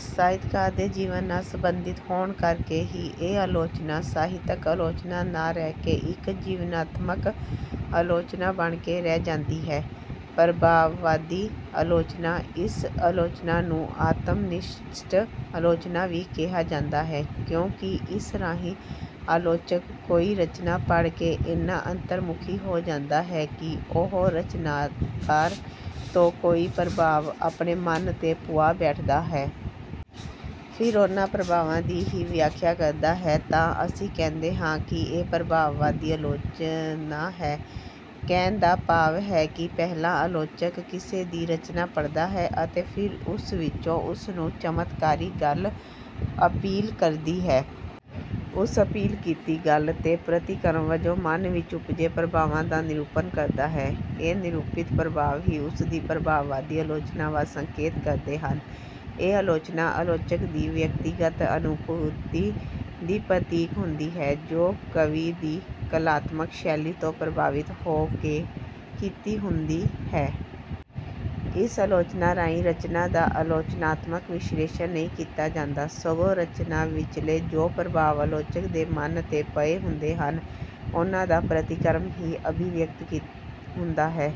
ਸਾਹਿਤਕਾਰ ਦੇ ਜੀਵਨ ਨਾਲ ਸੰਬੰਧਿਤ ਹੋਣ ਕਰਕੇ ਹੀ ਇਹ ਆਲੋਚਨਾ, ਸਾਹਿਤਕ ਆਲੋਚਨਾ ਨਾ ਰਹਿ ਕੇ ਇੱਕ ਜੀਵਨਤਮਕ ਆਲੋਚਨਾ ਬਣ ਕੇ ਰਹਿ ਜਾਂਦੀ ਹੈ। ਪ੍ਰਭਾਵਵਾਦੀ ਆਲੋਚਨਾ: ਇਸ ਆਲੋਚਨਾ ਨੂੰ ਆਤਮਨਿਸ਼ਠ ਆਲੋਚਨਾ ਵੀ ਕਿਹਾ ਜਾਂਦਾ ਹੈ, ਕਿਉਂਕਿ ਇਸ ਰਾਹੀਂ ਆਲੋਚਕ ਕੋਈ ਰਚਨਾ ਪੜ੍ਹ ਕੇ ਇੰਨਾ ਅੰਤਰਮੁਖੀ ਹੋ ਜਾਂਦਾ ਹੈ ਕਿ ਉਹ ਰਚਨਾਕਾਰ ਤੋਂ ਕੋਈ ਪ੍ਰਭਾਵ ਆਪਣੇ ਮਨ 'ਤੇ ਪੁਆ ਬੈਠਦਾ ਹੈ। ਫਿਰ ਉਹਨਾਂ ਪ੍ਰਭਾਵਾਂ ਦੀ ਹੀ ਵਿਆਖਿਆ ਕਰਦਾ ਹੈ, ਤਾਂ ਅਸੀਂ ਕਹਿੰਦੇ ਹਾਂ ਕਿ ਇਹ ਪ੍ਰਭਾਵਵਾਦੀ ਆਲੋਚਨਾ ਹੈ। ਕਹਿਣ ਦਾ ਭਾਵ ਹੈ ਕਿ ਪਹਿਲਾਂ ਆਲੋਚਕ ਕਿਸੇ ਦੀ ਰਚਨਾ ਪੜ੍ਹਦਾ ਹੈ ਅਤੇ ਫਿਰ ਉਸ ਵਿੱਚੋਂ ਉਸਨੂੰ ਚਮਤਕਾਰੀ ਗੱਲ ਅਪੀਲ ਕਰਦੀ ਹੈ। ਉਸ ਅਪੀਲ ਕੀਤੀ ਗੱਲ 'ਤੇ ਪ੍ਰਤੀਕਰਮ ਵਜੋਂ ਮਨ ਵਿੱਚ ਉਪਜੇ ਪ੍ਰਭਾਵਾਂ ਦਾ ਨਿਰੂਪਣ ਕਰਦਾ ਹੈ। ਇਹ ਨਿਰੂਪਿਤ ਪ੍ਰਭਾਵ ਹੀ ਉਸਦੀ ਪ੍ਰਭਾਵਵਾਦੀ ਆਲੋਚਨਾ ਵੱਲ ਸੰਕੇਤ ਕਰਦੇ ਹਨ। ਇਹ ਆਲੋਚਨਾ ਆਲੋਚਕ ਦੀ ਵਿਅਕਤੀਗਤ ਅਨੁਭੂਤੀ ਦੀ ਪ੍ਰਤੀਕ ਹੁੰਦੀ ਹੈ, ਜੋ ਕਵੀ ਦੀ ਕਲਾਤਮਕ ਸ਼ੈਲੀ ਤੋਂ ਪ੍ਰਭਾਵਿਤ ਹੋ ਕੇ ਕੀਤੀ ਹੁੰਦੀ ਹੈ। ਇਸ ਆਲੋਚਨਾ ਰਾਹੀਂ ਰਚਨਾ ਦਾ ਆਲੋਚਨਾਤਮਕ ਵਿਸ਼ਲੇਸ਼ਣ ਨਹੀਂ ਕੀਤਾ ਜਾਂਦਾ, ਸਗੋਂ ਰਚਨਾ ਵਿਚਲੇ ਜੋ ਪ੍ਰਭਾਵ ਆਲੋਚਕ ਦੇ ਮਨ 'ਤੇ ਪਏ ਹੁੰਦੇ ਹਨ, ਉਹਨਾਂ ਦਾ ਪ੍ਰਤੀਕਰਮ ਹੀ ਅਭਿਵਿਅਕਤ ਹੁੰਦਾ ਹੈ।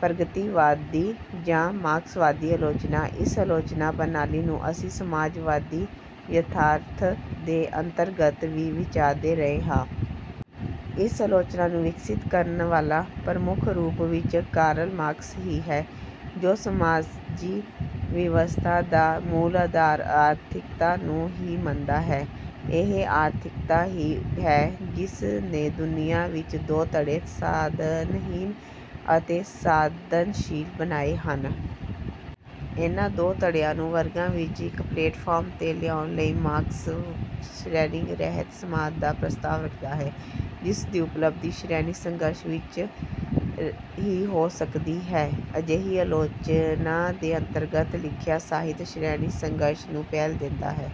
ਪ੍ਰਗਤੀਵਾਦੀ ਜਾਂ ਮਾਰਕਸਵਾਦੀ ਆਲੋਚਨਾ: ਇਸ ਆਲੋਚਨਾ ਪ੍ਰਣਾਲੀ ਨੂੰ ਅਸੀਂ ਸਮਾਜਵਾਦੀ ਯਥਾਰਥ ਦੇ ਅੰਤਰਗਤ ਵੀ ਵਿਚਾਰਦੇ ਰਹੇ ਹਾਂ। ਇਸ ਆਲੋਚਨਾ ਨੂੰ ਵਿਕਸਿਤ ਕਰਨ ਵਾਲਾ ਪ੍ਰਮੁੱਖ ਰੂਪ ਵਿੱਚ ਕਾਰਲ ਮਾਰਕਸ ਹੀ ਹੈ, ਜੋ ਸਮਾਜੀ ਵਿਵਸਥਾ ਦਾ ਮੂਲ ਆਧਾਰ ਆਰਥਿਕਤਾ ਨੂੰ ਹੀ ਮੰਨਦਾ ਹੈ। ਇਹ ਆਰਥਿਕਤਾ ਹੀ ਹੈ ਜਿਸ ਨੇ ਦੁਨੀਆ ਵਿੱਚ ਦੋ ਧੜੇ ਸਾਧਨਹੀਣ ਅਤੇ ਸਾਧਨਸ਼ੀਲ ਬਣਾਏ ਹਨ। ਇਨ੍ਹਾਂ ਦੋ ਧੜਿਆਂ ਜਾਂ ਵਰਗਾਂ ਨੂੰ ਇੱਕ ਪਲੇਟਫਾਰਮ 'ਤੇ ਲਿਆਉਣ ਲਈ ਮਾਰਕਸ "ਸ਼੍ਰੇਣੀਰਹਿਤ ਸਮਾਜ" ਦਾ ਪ੍ਰਸਤਾਵ ਰੱਖਦਾ ਹੈ, ਜਿਸਦੀ ਉਪਲਬਧੀ ਸ਼੍ਰੇਣੀ-ਸੰਘਰਸ਼ ਵਿੱਚ ਹੀ ਹੋ ਸਕਦੀ ਹੈ। ਅਜਿਹੀ ਆਲੋਚਨਾ ਦੇ ਅੰਤਰਗਤ ਲਿਖਿਆ ਸਾਹਿਤ ਸ਼੍ਰੇਣੀ-ਸੰਘਰਸ਼ ਨੂੰ ਪਹਿਲ ਦਿੰਦਾ ਹੈ।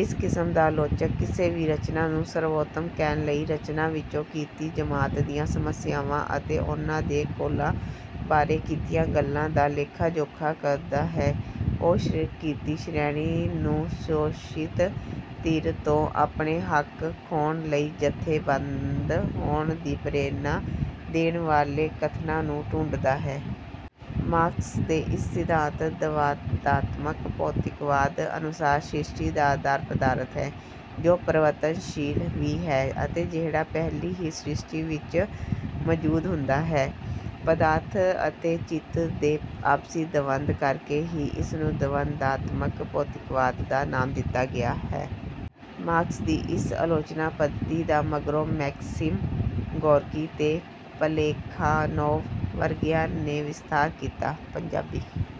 ਇਸ ਕਿਸਮ ਦਾ ਆਲੋਚਕ ਕਿਸੇ ਵੀ ਰਚਨਾ ਨੂੰ ਸਰਵੋਤਮ ਕਹਿਣ ਲਈ ਰਚਨਾ ਵਿੱਚੋਂ ਕਿਰਤੀ ਜਮਾਤ ਦੀਆਂ ਸਮੱਸਿਆਵਾਂ ਅਤੇ ਉਹਨਾਂ ਦੇ ਘੋਲਾਂ ਬਾਰੇ ਕੀਤੀਆਂ ਗੱਲਾਂ ਦਾ ਲੇਖਾ-ਜੋਖਾ ਕਰਦਾ ਹੈ। ਉਹ ਕਿਰਤੀ ਸ਼੍ਰੇਣੀ ਨੂੰ ਸ਼ੋਸ਼ਿਤ ਧਿਰ ਤੋਂ ਆਪਣੇ ਹੱਕ ਖੋਹਣ ਲਈ ਜਥੇਬੰਦ ਹੋਣ ਦੀ ਪ੍ਰੇਰਣਾ ਦੇਣ ਵਾਲੇ ਕਥਨਾਂ ਨੂੰ ਢੂੰਡਦਾ ਹੈ। ਮਾਰਕਸ ਦੇ ਇਸ ਸਿਧਾਂਤ "ਦਵੰਦਾਤਮਕ ਭੌਤਿਕਵਾਦ" ਅਨੁਸਾਰ ਸ੍ਰਿਸ਼ਟੀ ਦਾ ਆਧਾਰ ਪਦਾਰਥ ਹੈ, ਜੋ ਪਰਿਵਰਤਨਸ਼ੀਲ ਵੀ ਹੈ ਅਤੇ ਜਿਹੜਾ ਪਹਿਲਾਂ ਹੀ ਸ੍ਰਿਸ਼ਟੀ ਵਿੱਚ ਮੌਜੂਦ ਹੁੰਦਾ ਹੈ। ਪਦਾਰਥ ਅਤੇ ਚਿੱਤ ਦੇ ਆਪਸੀ ਦਵੰਦ ਕਰਕੇ ਹੀ ਇਸ ਨੂੰ ਦਵੰਦਾਤਮਕ ਭੌਤਿਕਵਾਦ ਦਾ ਨਾਮ ਦਿੱਤਾ ਗਿਆ ਹੈ। ਮਾਰਕਸ ਦੀ ਇਸ ਆਲੋਚਨਾ ਪੱਧਤੀ ਦਾ ਮਗਰੋਂ ਮੈਕਸਿਮ ਗੋਰਕੀ ਤੇ ਪਲੈਖਾਨੋਵ ਵਰਗਿਆਂ ਨੇ ਵਿਸਥਾਰ ਕੀਤਾ। ਪੰਜਾਬੀ